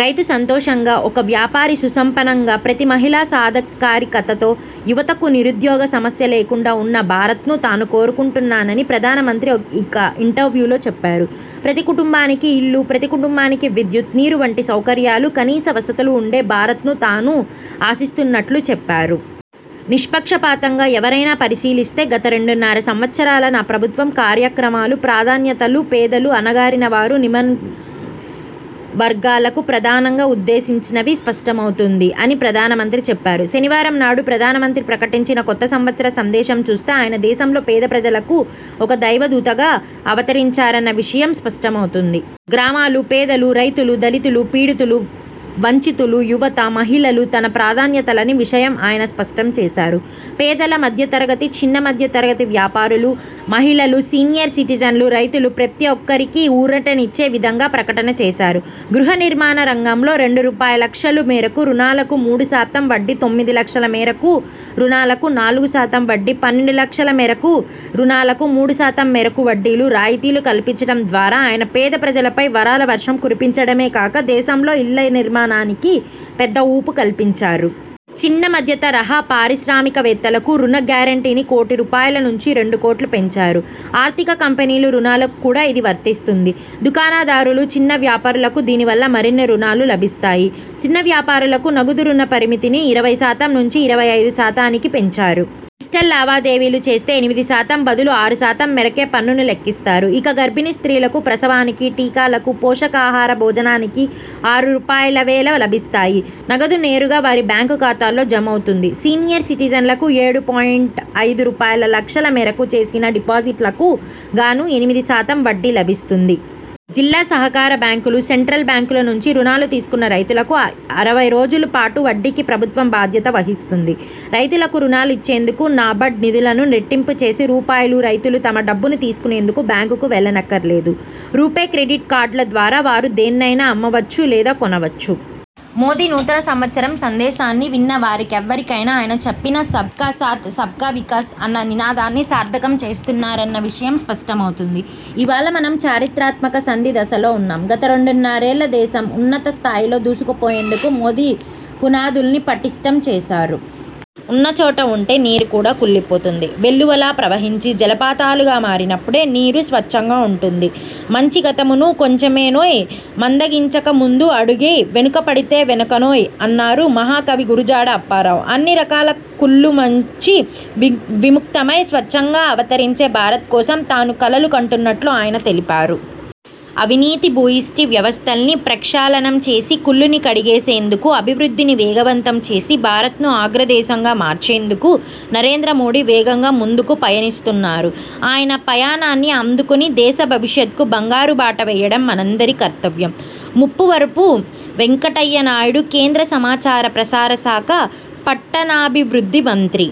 రైతు సంతోషంగా, ఒక వ్యాపారి సుసంపన్నంగా, ప్రతి మహిళా సాధికారికతతో, యువతకు నిరుద్యోగ సమస్య లేకుండా ఉన్న భారత్ను తాను కోరుకుంటున్నానని ప్రధానమంత్రి ఒక ఇంటర్వ్యూలో చెప్పారు. ప్రతి కుటుంబానికీ ఇల్లు, ప్రతి కుటుంబానికి విద్యుత్, నీరు వంటి సౌకర్యాలు, కనీస వసతులు ఉండే భారత్ను తాను ఆశిస్తున్నట్లు చెప్పారు. 'నిష్పక్ష పాతంగా ఎవరైనా పరిశీలిస్తే గత రెండున్నర సంవత్సరాల నా ప్రభుత్వం కార్యక్రమాలూ, ప్రాధాన్యతలూ పేదలు, అణగారిన వారు, నిమ్నవర్గాలను ప్రధానంగా ఉద్దేశించినవని స్పష్టమవుతుంది' అని ప్రధానమంత్రి చెప్పారు. శనివారం నాడు ప్రధానమంత్రి ప్రకటించిన కొత్త సంవత్సర సందేశం చూస్తే ఆయన దేశంలో పేద ప్రజలకు ఒక దైవదూతగా అవతరించారన్న విషయం స్పష్టమవుతుంది. గ్రామాలు, పేదలు, రైతులు, దళితులు, పీడితులు, వంచితులు, యువత, మహిళలే తన ప్రాధాన్యతలన్న విషయం ఆయన స్పష్టంచేశారు. పేదలు, మధ్యతరగతి, చిన్న, మధ్యతరగతి వ్యాపారులు, మహిళలు, సీనియర్ సిటిజన్లు, రైతులు ప్రతిఒక్కరికీ ఊరటనిచ్చే విధంగా ప్రకటన చేశారు. గృహ నిర్మాణ రంగంలో రెండు రూపాయలులక్షల మేరకు రుణాలకు మూడు శాతం వడ్డీ, తొమ్మిది లక్షల మేరకు రుణాలకు నాలుగు శాతం వడ్డీ, పన్నెండు లక్షల మేరకు రుణాలకు మూడు శాతం మేరకు వడ్డీలో రాయితీలు కల్పించడం ద్వారా ఆయన పేద ప్రజలపై వరాల వర్షం కురిపించడమే కాక దేశంలో ఇళ్ల నిర్మాణానికి పెద్ద ఊపు కల్పించారు. చిన్న మధ్యత రహా పారిశ్రామికవేత్తలకు రుణ గ్యారంటీని కోటి రూపాయలు నుంచి రెండు కోట్లకు పెంచారు. ఆర్థిక కంపెనీల రుణాలకు కూడా ఇది వర్తిస్తుంది. దుకాణదారులు, చిన్న వ్యాపారులకు దీనివల్ల మరిన్ని రుణాలు లభిస్తాయి. చిన్న వ్యాపారులకు నగదు రుణ పరిమితిని ఇరవై శాతం నుంచి, ఇరవై ఐదు శాతానికి పెంచారు. డిజిటల్ లావాదేవీలు చేస్తే ఎనిమిది శాతం బదులు ఆరు శాతం మేరకే పన్నును లెక్కిస్తారు. ఇక గర్భిణీ స్త్రీలకు ప్రసవానికి, టీకాలకు, పోషకాహార భోజనానికి ఆరు రూపాయలువేలు లభిస్తాయి. నగదు నేరుగా వారి బ్యాంకు ఖాతాల్లో జమ అవుతుంది. సీనియర్ సిటిజన్లకు ఏడు పాయింట్ ఐదు రూపాయలు లక్షల మేరకు చేసిన డిపాజిట్లకు గాను ఎనిమిది శాతం వడ్డీ లభిస్తుంది. జిల్లా సహకార బ్యాంకులు, సెంట్రల్ బ్యాంకుల నుంచి రుణాలు తీసుకున్న రైతులకు అరవై రోజుల పాటు వడ్డీకి ప్రభుత్వం బాధ్యత వహిస్తుంది. రైతులకు రుణాలు ఇచ్చేందుకు నాబార్డ్ నిధులను రెట్టింపు చేసి రూపాయలు, రైతులు తమ డబ్బును తీసుకునేందుకు బ్యాంకుకు వెళ్లనక్కర్లేదు. రూపే క్రెడిట్ కార్డుల ద్వారా వారు దేన్నైనా అమ్మవచ్చు లేదా కొనవచ్చు. మోదీ నూతన సంవత్సర సందేశాన్ని విన్న వారెవరికైనా ఆయన చెప్పిన సబ్ కా సాథ్, సబ్ కా వికాస్ అన్న నినాదాన్ని సార్థకం చేస్తున్నారన్న విషయం స్పష్టమవుతుంది. ఇవాళ మనం ఒక చారిత్రాత్మక సంధి దశలో ఉన్నాం. గత రెండున్నరేళ్లలో దేశం, ఉన్నత స్థాయిలో దూసుకుపోయేందుకు మోదీ పునాదుల్ని పటిష్ఠం చేశారు. ఉన్న చోట ఉంటే నీరు కూడా కుళ్లిపోతుంది. వెల్లువలా ప్రవహించి, జలపాతాలుగా మారినప్పుడే నీరు స్వచ్ఛంగా ఉంటుంది. 'మంచి గతమున కొంచెమేనోయ్, మందగించక ముందు అడుగేయ్, వెనుకపడితే వెనుకేనోయ్' అన్నారు మహాకవి గురజాడ అప్పారావు. అన్ని రకాల కుళ్లు నుంచి విముక్తమై స్వచ్ఛంగా అవతరించే భారత్ కోసం తాను కలలు కంటున్నట్లు ఆయన తెలిపారు. అవినీతి భూయిష్ట వ్యవస్థల్ని ప్రక్షాళనం చేసి కుళ్లును కడిగేసేందుకు, అభివృద్ధిని వేగవంతం చేసి భారత్ను అగ్రదేశంగా మార్చేందుకు నరేంద్ర మోదీ వేగంగా ముందుకు పయనిస్తున్నారు. ఆయన పయనాన్ని అందుకుని దేశ భవిష్యత్కు బంగారు బాట వేయడం మనందరి కర్తవ్యం, ముప్పవరపు వెంకయ్యనాయుడు కేంద్ర సమాచార ప్రసార శాఖ, పట్టణాభివృద్ధి మంత్రి.